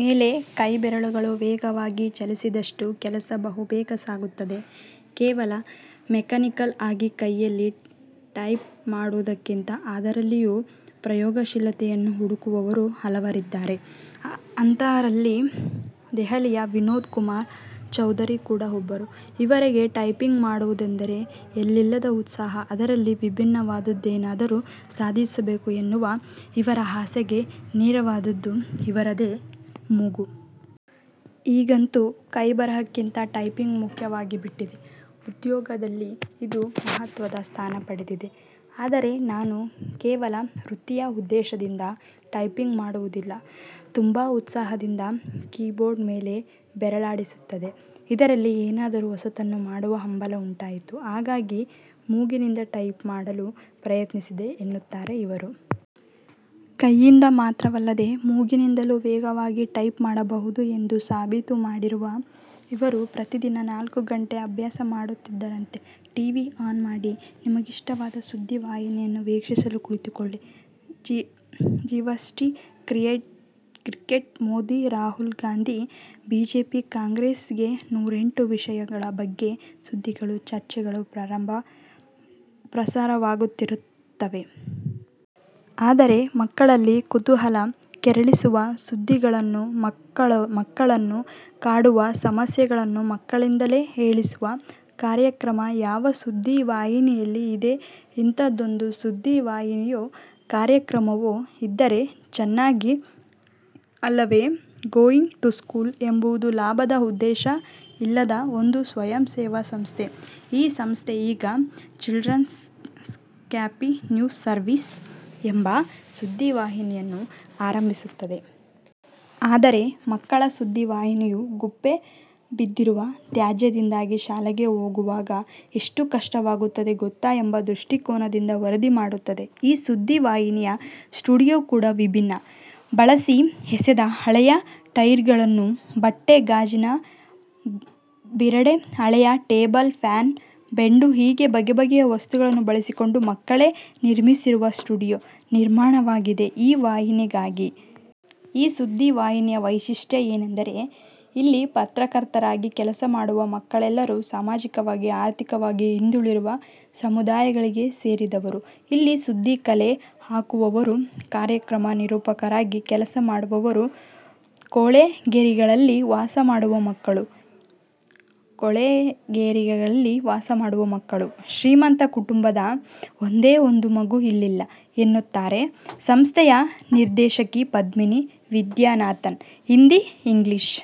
ಮೇಲೆ ಕೈ ಬೆರಳುಗಳು ವೇಗವಾಗಿ ಚಲಿಸಿದಷ್ಟು ಕೆಲಸ ಬಹುಬೇಗ ಸಾಗುತ್ತದೆ. ಕೇವಲ ಮೆಕಾನಿಕಲ್ ಆಗಿ ಕೈಯಲ್ಲಿ ಟೈಪ್ ಮಾಡುವುದಕ್ಕಿಂತ ಅದರಲ್ಲಿಯೂ ಪ್ರಯೋಗಶೀಲತೆಯನ್ನು ಹುಡುಕುವವರು ಹಲವರಿದ್ದಾರೆ. ಅಂತವರಲ್ಲಿ ದೆಹಲಿಯ ವಿನೋದ್ ಕುಮಾರ್ ಚೌಧರಿ ಕೂಡ ಒಬ್ಬರು. ಇವರಿಗೆ ಟೈಪಿಂಗ್ ಮಾಡುವುದೆಂದರೆ ಎಲ್ಲಿಲ್ಲದ ಉತ್ಸಾಹ. ಅದರಲ್ಲಿ ವಿಭಿನ್ನವಾದುದ್ದೇನಾದರೂ ಸಾಧಿಸಬೇಕು ಎನ್ನುವ ಇವರ ಆಸೆಗೆ ನೆರವಾದ್ದದ್ದು ಇವರದೇ ಮೂಗು. 'ಈಗಂತೂ ಕೈಬರಹಕ್ಕಿಂತ ಟೈಪಿಂಗ್ ಮುಖ್ಯವಾಗಿಬಿಟ್ಟಿದೆ. ಉದ್ಯೋಗದಲ್ಲಿ ಇದು ಮಹತ್ವದ ಸ್ಥಾನ ಪಡೆದಿದೆ. ಆದರೆ ನಾನು ಕೇವಲ ವೃತ್ತಿಯ ಉದ್ದೇಶದಿಂದ ಟೈಪಿಂಗ್ ಮಾಡುವುದಿಲ್ಲ. ತುಂಬಾ ಉತ್ಸಾಹದಿಂದ ಕೀಬೋರ್ಡ್ ಮೇಲೆ ಬೆರಳಾಡಿಸುತ್ತಿದ್ದೆ. ಇದರಲ್ಲಿ ಏನಾದರೂ ಹೊಸತನ್ನು ಮಾಡುವ ಹಂಬಲ ಉಂಟಾಯಿತು. ಹಾಗಾಗಿ ಮೂಗಿನಿಂದ ಟೈಪ್ ಮಾಡಲು ಪ್ರಯತ್ನಿಸಿದೆ' ಎನ್ನುತ್ತಾರೆ ಇವರು. ಕೈಯಿಂದ ಮಾತ್ರವಲ್ಲದೇ ಮೂಗಿನಿಂದಲೂ ವೇಗವಾಗಿ ಟೈಪ್ ಮಾಡಬಹುದು ಎಂದು ಸಾಬೀತು ಮಾಡಿರುವ ಇವರು ಪ್ರತಿದಿನ ನಾಲ್ಕು ಗಂಟೆ ಅಭ್ಯಾಸ ಮಾಡುತ್ತಿದ್ದರಂತೆ. ಟಿ. ವಿ. ಆನ್ ಮಾಡಿ. ನಿಮಗಿಷ್ಟವಾದ ಸುದ್ದಿ ವಾಹಿನಿಯನ್ನು ವೀಕ್ಷಿಸಲು ಕುಳಿತುಕೊಳ್ಳಿ. GST, cricket, Modi, Rahul Gandhi, BJP, ಕಾಂಗ್ರೆಸ್ಹೀಗೆ ನೂರೆಂಟು ವಿಷಯಗಳ ಬಗ್ಗೆ ಸುದ್ದಿಗಳು, ಚರ್ಚೆಗಳು ಪ್ರಸಾರವಾಗುತ್ತಿರುತ್ತವೆ. ಆದರೆ, ಮಕ್ಕಳಲ್ಲಿ ಕುತೂಹಲ ಕೆರಳಿಸುವ ಸುದ್ದಿಗಳನ್ನು, ಮಕ್ಕಳನ್ನು ಕಾಡುವ ಸಮಸ್ಯೆಗಳನ್ನು ಮಕ್ಕಳಿಂದಲೇ ಹೇಳಿಸುವ ಕಾರ್ಯಕ್ರಮ ಯಾವ ಸುದ್ದಿವಾಹಿನಿಯಲ್ಲಿ ಇದೆ? ಇಂಥದ್ದೊಂದು ಸುದ್ದಿ ವಾಹಿನಿಯೋ ಕಾರ್ಯಕ್ರಮವೋ ಇದ್ದರೆ ಚೆನ್ನ, ಅಲ್ಲವೇ 'ಗೋಯಿಂಗ್ ಟು ಸ್ಕೂಲ್' ಎಂಬುದು ಲಾಭದ ಉದ್ದೇಶ ಇಲ್ಲದ ಒಂದು ಸ್ವಯಂಸೇವಾ ಸಂಸ್ಥೆ. ಈ ಸಂಸ್ಥೆ ಈಗ 'ಚಿಲ್ಡ್ರನ್ಸ್ ಸ್ಕ್ರ್ಯಾಪಿ ನ್ಯೂಸ್ ಸರ್ವಿಸ್' ಎಂಬ ಸುದ್ದಿ ವಾಹಿನಿಯನ್ನು ಆರಂಭಿಸುತ್ತಿದೆ. ಆದರೆ, ಮಕ್ಕಳ ಸುದ್ದಿವಾಹಿನಿಯು, 'ಗುಪ್ಪೆ ಬಿದ್ದಿರುವ ತ್ಯಾಜ್ಯದಿಂದಾಗಿ ಶಾಲೆಗೆ ಹೋಗುವಾಗ ಎಷ್ಟು ಕಷ್ಟವಾಗುತ್ತದೆ ಗೊತ್ತಾ' ಎಂಬ ದೃಷ್ಟಿಕೋನದಿಂದ ವರದಿ ಮಾಡುತ್ತದೆ. ಈ ಸುದ್ದಿ ವಾಹಿನಿಯ ಸ್ಟುಡಿಯೋ ಕೂಡ ವಿಭಿನ್ನ. ಬಳಸಿ ಎಸೆದ ಹಳೆಯ ಟೈರ್ಗಳು, ಬಟ್ಟೆ, ಗಾಜಿನ ಬಿರಡೆ, ಹಳೆಯ ಟೇಬಲ್ ಫ್ಯಾನ್, ಚೆಂಡುಹೀಗೆ ಬಗೆ ಬಗೆಯ ವಸ್ತುಗಳನ್ನು ಬಳಸಿಕೊಂಡು ಮಕ್ಕಳೇ ನಿರ್ಮಿಸಿರುವ ಸ್ಟುಡಿಯೋ ನಿರ್ಮಾಣವಾಗಿದೆ ಈ ವಾಹಿನಿಗಾಗಿ. ಈ ಸುದ್ದಿ ವಾಹಿನಿಯ ವೈಶಿಷ್ಟ್ಯ ಎಂದರೆ, ಇಲ್ಲಿ ಪತ್ರಕರ್ತರಾಗಿ ಕೆಲಸ ಮಾಡುವ ಮಕ್ಕಳೆಲ್ಲರೂ ಸಾಮಾಜಿಕವಾಗಿ, ಆರ್ಥಿಕವಾಗಿ ಹಿಂದುಳಿದಿರುವ ಸಮುದಾಯಗಳಿಗೆ ಸೇರಿದವರು. 'ಇಲ್ಲಿ ಸುದ್ದಿ ಕಲೆ ಹಾಕುವವರು, ಕಾರ್ಯಕ್ರಮ ನಿರೂಪಕರಾಗಿ ಕೆಲಸ ಮಾಡುವವರು ಕೊಳೆಗೇರಿಗಳಲ್ಲಿ ವಾಸ ಮಾಡುವ ಮಕ್ಕಳು. ಶ್ರೀಮಂತ ಕುಟುಂಬದ ಒಂದೇ ಒಂದು ಮಗು ಇಲ್ಲಿಲ್ಲ' ಎನ್ನುತ್ತಾರೆ ಸಂಸ್ಥೆಯ ನಿರ್ದೇಶಕಿ ಪದ್ಮಿನಿ ವಿದ್ಯಾನಾಥನ್. 'ಹಿಂದಿ, ಇಂಗ್ಲಿಷ್